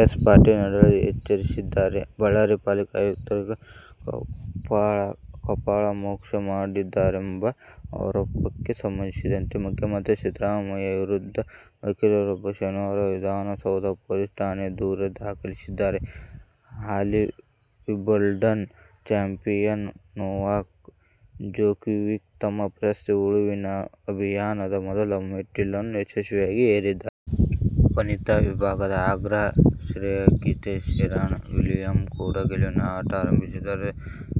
S. Patil Nadahalli ಎಚ್ಚರಿಸಿದ್ದಾರೆ. ಬಳ್ಳಾರಿ ಪಾಲಿಕೆ ಆಯುಕ್ತರಿಗೆ ಕಪಾಳಮೋಕ್ಷ ಮಾಡಿದ್ದಾರೆಂಬ ಆರೋಪಕ್ಕೆ ಸಂಬಂಧಿಸಿದಂತೆ ಮುಖ್ಯಮಂತ್ರಿ ಸಿದ್ದರಾಮಯ್ಯ ವಿರುದ್ಧ ವಕೀಲರೊಬ್ಬರು ಶನಿವಾರ ವಿಧಾನಸೌಧ ಪೊಲೀಸ್ ಠಾಣೆಯಲ್ಲಿ ದೂರು ದಾಖಲಿಸಿದ್ದಾರೆ. ಹಾಲಿ ವಿಂಬಲ್ಡನ್ ಚಾಂಪಿಯನ್ ನೊವಾಕ್ ಜೊಕೋವಿಕ್ ತಮ್ಮ ಪ್ರಶಸ್ತಿ ಉಳಿವಿನ ಅಭಿಯಾನದ ಮೊದಲ ಮೆಟ್ಟಿಲನ್ನು ಯಶಸ್ವಿಯಾಗಿ ಏರಿದ್ದಾರೆ. ವನಿತಾ ವಿಭಾಗದ ಅಗ್ರ ಶ್ರೇಯಾಂಕಿತೆ ಸೆರೆನಾ ವಿಲಿಯಮ್ಸ್ ಕೂಡ ಗೆಲುವಿನ ಆಟ ಆರಂಭಿಸಿದ್ದಾರೆ.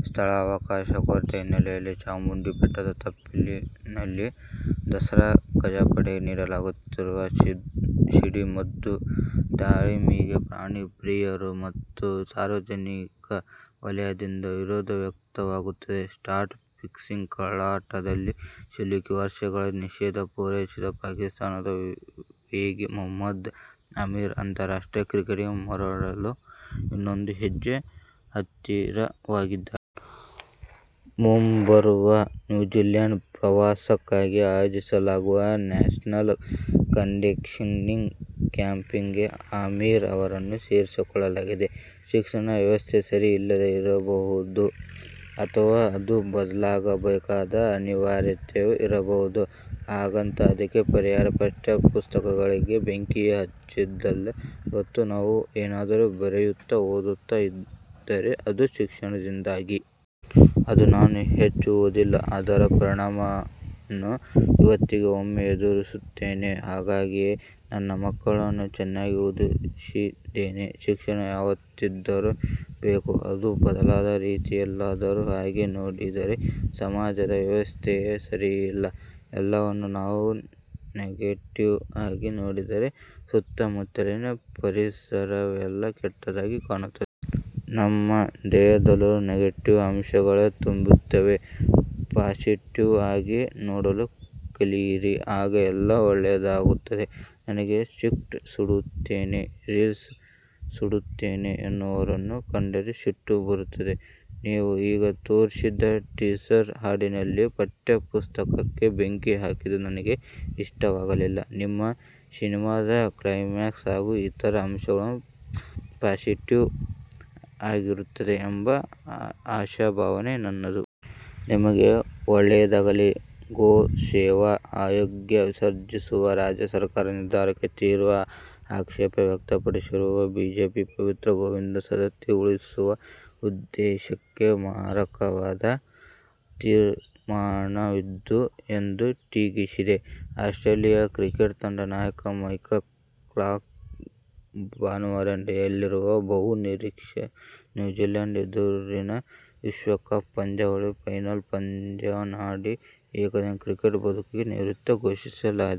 ಸ್ಥಳಾವಕಾಶ ಕೊರತೆ ಹಿನ್ನೆಲೆಯಲ್ಲಿ ಚಾಮುಂಡಿ ಬೆಟ್ಟದ ತಪ್ಪಲಿನಲ್ಲಿ ದಸರಾ ಗಜಪಡೆಗೆ ನೀಡಲಾಗುತ್ತಿರುವ ಸಿಡಿಮದ್ದು ತಾಲೀಮಿಗೆ ಪ್ರಾಣಿ ಪ್ರಿಯರು ಮತ್ತು ಸಾರ್ವಜನಿಕ ವಲಯದಿಂದ ವಿರೋಧ ವ್ಯಕ್ತವಾಗುತ್ತಿದೆ. ಸ್ಪಾಟ್ ಫಿಕ್ಸಿಂಗ್ ಕಳ್ಳಾಟದಲ್ಲಿ ಸಿಲುಕಿ ವರ್ಷಗಳ ನಿಷೇಧ ಪೂರೈಸಿದ ಪಾಕಿಸ್ಥಾನದ ವೇಗಿ ಮೊಹಮ್ಮದ್ ಆಮೀರ್ ಅಂತಾರಾಷ್ಟ್ರೀಯ ಕ್ರಿಕೆಟಿಗೆ ಮರಳಲು ಇನ್ನೊಂದು ಹೆಜ್ಜೆ ಹತ್ತಿರವಾಗಿದ್ದಾರೆ. ಮುಂಬರುವ ನ್ಯೂಜಿಲ್ಯಾಂಡ್ ಪ್ರವಾಸಕ್ಕಾಗಿ ಆಯೋಜಿಸಲಾಗುವ "ನ್ಯಾಶನಲ್ ಕಂಡೀಷನಿಂಗ್ ಕ್ಯಾಂಪ್'ಗೆ ಆಮೀರ್ ಅವರನ್ನೂ ಸೇರಿಸಿಕೊಳ್ಳಲಾಗಿದೆ. "ಶಿಕ್ಷಣ ವ್ಯವಸ್ಥೆ ಸರಿ ಇಲ್ಲದೇ ಇರಬಹುದು ಅಥವಾ ಅದು ಬದಲಾಗಬೇಕಾದ ಅನಿವಾರ್ಯತೆಯೂ ಇರಬಹುದು. ಹಾಗಂತ ಅದಕ್ಕೆ ಪರಿಹಾರ ಪಠ್ಯಪುಸ್ತಕಗಳಿಗೆ ಬೆಂಕಿ ಹಚ್ಚೋದಲ್ಲ. ಇವತ್ತು ನಾವು ಏನಾದರೂ ಬರೆಯುತ್ತಾ, ಓದುತ್ತಾ ಇದ್ದರೆ ಅದು ಶಿಕ್ಷಣದಿಂದಾಗಿ. ಅಂದು ನಾನು ಹೆಚ್ಚು ಓದಿಲ್ಲ. ಅದರ ಪರಿಣಾಮನ್ನು ಇವತ್ತಿಗೂ ಒಮ್ಮೊಮ್ಮೆ ಎದುರಿಸುತ್ತೇನೆ. ಹಾಗಾಗಿಯೇ ನನ್ನ ಮಕ್ಕಳನ್ನು ಚೆನ್ನಾಗಿ ಓದಿಸಿದ್ದೇನೆ. ಶಿಕ್ಷಣ ಯಾವತ್ತಿದ್ದರೂ ಬೇಕು. ಅದು ಬದಲಾದ ರೀತಿಯಲ್ಲಾದರೂ. ಹಾಗೆ ನೋಡಿದರೆ ಸಮಾಜದ ವ್ಯವಸ್ಥೆಯೇ ಸರಿಯಿಲ್ಲ. ಎಲ್ಲವನ್ನು ನಾವು ನೆಗೆಟಿವ್ ಆಗಿ ನೋಡಿದರೆ ಸುತ್ತಮುತ್ತಲಿನ ಪರಿಸರವೆಲ್ಲ ಕೆಟ್ಟದಾಗಿ ಕಾಣುತ್ತದೆ. ನಮ್ಮ ದೇಹದಲ್ಲೂ ನೆಗೆಟಿವ್ ಅಂಶಗಳೇ ತುಂಬುತ್ತವೆ. ಪಾಸಿಟಿವ್ ಆಗಿ ನೋಡಲು ಕಲಿಯಿರಿ. ಆಗ ಎಲ್ಲವೂ ಒಳ್ಳೆಯದಾಗುತ್ತದೆ. ನನಗೆ ಸ್ಕ್ರಿಪ್ಟ್ ಸುಡುತ್ತೇನೆ, ರೀಲ್ ಸುಡುತ್ತೇನೆ ಎನ್ನುವವರನ್ನು ಕಂಡರೆ ಸಿಟ್ಟು ಬರುತ್ತದೆ. ನೀವು ಈಗ ತೋರಿಸಿದ ಟೀಸರ್, ಹಾಡಿನಲ್ಲಿ ಪಠ್ಯಪುಸ್ತಕಕ್ಕೆ ಬೆಂಕಿ ಹಾಕಿದ್ದು ನನಗೆ ಇಷ್ಟವಾಗಲಿಲ್ಲ. ನಿಮ್ಮ ಸಿನಿಮಾದ ಕ್ಲೈಮ್ಯಾಕ್ಸ್ ಹಾಗೂ ಇತರ ಅಂಶಗಳು ಪಾಸಿಟಿವ್ ಆಗಿರುತ್ತದೆ ಎಂಬ ಆಶಾಭಾವನೆ ನನ್ನದು. ನಿಮಗೆ ಒಳ್ಳೆಯದಾಗಲಿ' ಗೋ ಸೇವಾ ಆಯೋಗ ವಿಸರ್ಜಿಸುವ ರಾಜ್ಯ ಸರ್ಕಾರದ ನಿರ್ಧಾರಕ್ಕೆ ತೀವ್ರ ಆಕ್ಷೇಪ ವ್ಯಕ್ತಪಡಿಸಿರುವ ಬಿಜೆಪಿ, ಪವಿತ್ರ ಗೋವಿನ ಸಂತತಿ ಉಳಿಸುವ ಉದ್ದೇಶಕ್ಕೆ ಮಾರಕವಾದ ತೀರ್ಮಾನವಿದು ಎಂದು ಟೀಕಿಸಿದೆ. ಆಸ್ಟ್ರೇಲಿಯಾ ಕ್ರಿಕೆಟ್ ತಂಡದ ನಾಯಕ ಮೈಕಲ್ ಕ್ಲಾರ್ಕ್ ಭಾನುವಾರ ನಡೆಯಲಿರುವ ಬಹು ನಿರೀಕ್ಷಿತ ನ್ಯೂಜಿಲ್ಯಾಂಡ್ ಎದುರಿನ ವಿಶ್ವಕಪ್ ಪಂದ್ಯಾವಳಿಯ ಫೈನಲ್ ಪಂದ್ಯವನ್ನಾಡಿ ಏಕದಿನ ಕ್ರಿಕೆಟ್ ಬದುಕಿಗೆ ನಿವೃತ್ತಿ ಘೋಷಿಸಲಿದ್ದಾರೆ.